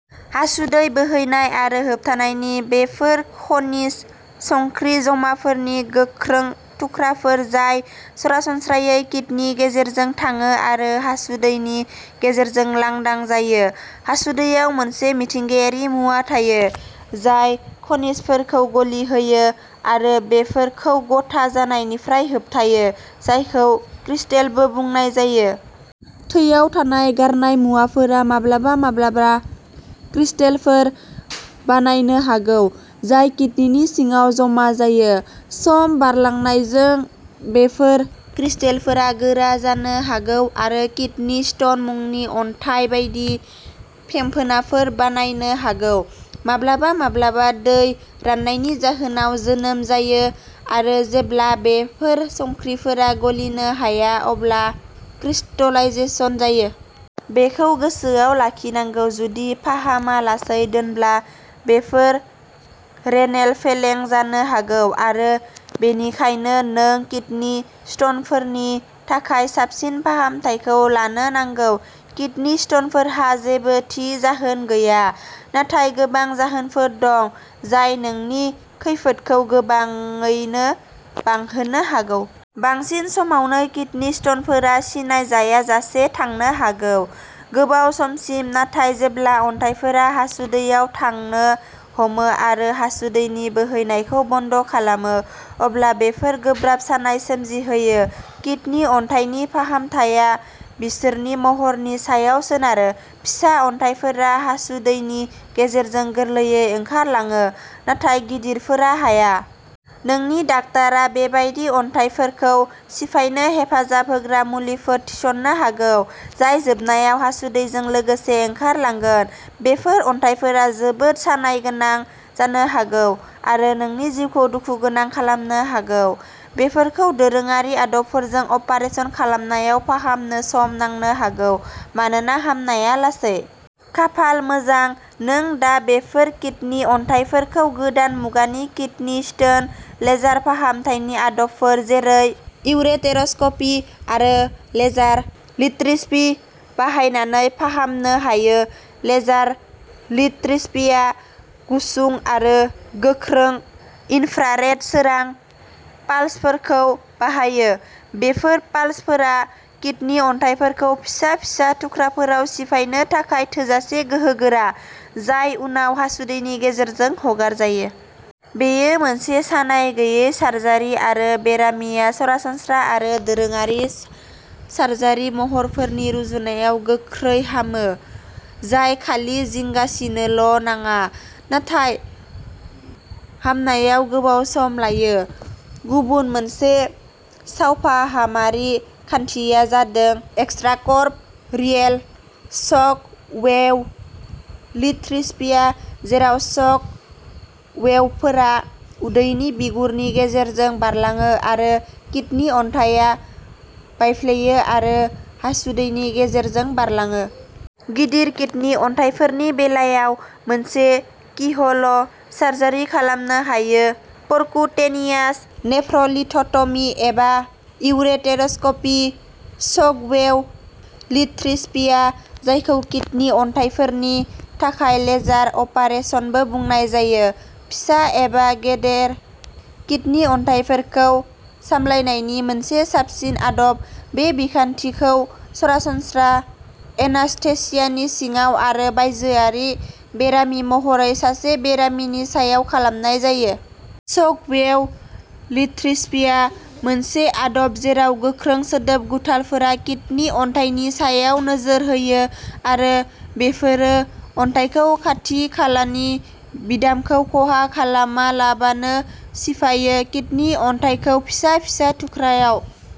हासुदै बोहैनाय आरो होबथानायनि बेफोर खनिज संख्रि जमाफोरनि गोख्रों थुख्राफोर जाय सरासनस्रायै किदनि गेजेरजों थाङो आरो हासुदैनि गेजेरजों लांदां जायो। हासुदैयाव मोनसे मिथिंगायारि मुवा थायो, जाय खनिजफोरखौ गलिहोयो आरो बेफोरखौ गथा जानायनिफ्राय होबथायो जायखौ क्रिस्टेलबो बुंनाय जायो। थैयाव थानाय गारनाय मुवाफोरा माब्लाबा माब्लाबा क्रिस्टेलफोर बानायनो हागौ जाय किदनिनि सिङाव जमा जायो। सम बारलांनायजों, बेफोर क्रिस्टेलफोरा गोरा जानो हागौ आरो किदनि स्टन मुंनि अन्थाइ बायदि फेंफोनाफोर बानायनो हागौ। माब्लाबा माब्लाबा, दै राननायनि जाहोनाव जोनोम जायो आरो जेब्ला बेफोर संख्रिफोरा गलिनो हाया अब्ला क्रिस्टलाइजेशन जायो। बेखौ गोसोआव लाखिनांगौ जुदि फाहामालासै दोनब्ला बेफोर रेनेल फेलें जानो हागौ, आरो बेनिखायनो नों किदनि स्टनफोरनि थाखाय साबसिन फाहामथायखौ लानो नांगौ। किदनि स्टनफोरहा जेबो थि जाहोन गैया, नाथाय गोबां जाहोनफोर दं जाय नोंनि खैफोदखौ गोबाङैनो बांहोनो हागौ। बांसिन समावनो किदनि स्टनफोरा सिनायजायाजासे थांनो हागौ। गोबाव समसिम, नाथाय जेब्ला अन्थाइफोरा हासुदैयाव थांनो हमो आरो हासुदैनि बोहैनायखौ बन्द' खालामो, अब्ला बेफोर गोब्राब सानाय सोमजिहोयो। किडनि अन्थाइनि फाहामथाया बिसोरनि महरनि सायाव सोनारो। फिसा अन्थाइफोरा हासुदैनि गेजेरजों गोरलैयै ओंखारलाङो, नाथाय गिदिरफोरा हाया। नोंनि डाक्टारआ बेबादि अन्थाइफोरखौ सिफायनो हेफाजाब होग्रा मुलिफोर थिसन्नो हागौ, जाय जोबनायाव हासुदैजों लोगोसे ओंखारलांगोन। बेफोर अन्थाइफोरा जोबोद सानायगोनां जानो हागौ आरो नोंनि जिउखौ दुखुगोनां खालामनो हागौ। बेफोरखौ दोरोङारि आदबफोरजों अपारेसन खालामनायाव फाहामनो सम नांनो हागौ मानोना हामनाया लासै। खाफाल मोजां, नों दा बेफोर किडनि अन्थाइफोरखौ गोदान मुगानि किडनी स्टोन लेजार फाहामथायनि आदबफोर, जेरै इउरेटेरस्कपी आरो लेजार लिथट्रिप्सी बाहायनानै फाहामनो हायो। लेजार लिथट्रिप्सीआ गुसुं आरो गोख्रों इन्फ्रारेड सोरां पाल्सफोरखौ बाहायो। बेफोर पाल्सफोरा किडनि अन्थाइफोरखौ फिसा फिसा थुख्राफोराव सिफायनो थाखाय थोजासे गोहोगोरा, जाय उनाव हासुदैनि गेजेरजों हगारजायो। बेयो मोनसे सानाय गैयै सार्जारि आरो बेरामिया सरासनस्रा आरो दोरोङारि सार्जारि महरफोरनि रुजुनायाव गोख्रै हामो, जाय खालि जिंगासिनोल' नाङा, नाथाय हामनायाव गोबाव सम लायो। गुबुन मोनसे सावफाहामारि खान्थिया जादों एक्सट्राकर्प'रियेल शक वेव लिथट्रिप्सिया, जेराव शक वेवफोरा उदैनि बिगुरनि गेजेरजों बारलाङो आरो किडनि अन्थाइया बायफ्लेयो आरो हासुदैनि गेजेरजों बारलाङो। गिदिर किडनि अन्थाइफोरनि बेलायाव, मोनसे कीह'ल सार्जारि खालामनो हायो पर्क्युटेनियास नेफ्र'लिथ'ट'मि एबा इउरेटेरस्कपि। शकवेव लिथट्रिप्सिया, जायखौ किडनि अन्थाइफोरनि थाखाय लेजार अपारेसनबो बुंनाय जायो, फिसा एबा गेजेर किडनि अन्थाइफोरखौ सामलायनायनि मोनसे साबसिन आदब। बे बिखान्थिखौ सरासनस्रा एनास्थेसियानि सिङाव आरो बायजोआरि बेरामि महरै सासे बेरामिनि सायाव खालामनाय जायो। शकवेव लिथट्रिप्सिया मोनसे आदब जेराव गोख्रों सोदोब गुथालफोरा किडनि अन्थाइनि सायाव नोजोर होयो, आरो बेफोरो अन्थाइखौ खाथि खालानि बिदामखौ खहा खालामालाबानो सिफायो किडनि अन्थाइखौ फिसा फिसा थुख्राआव।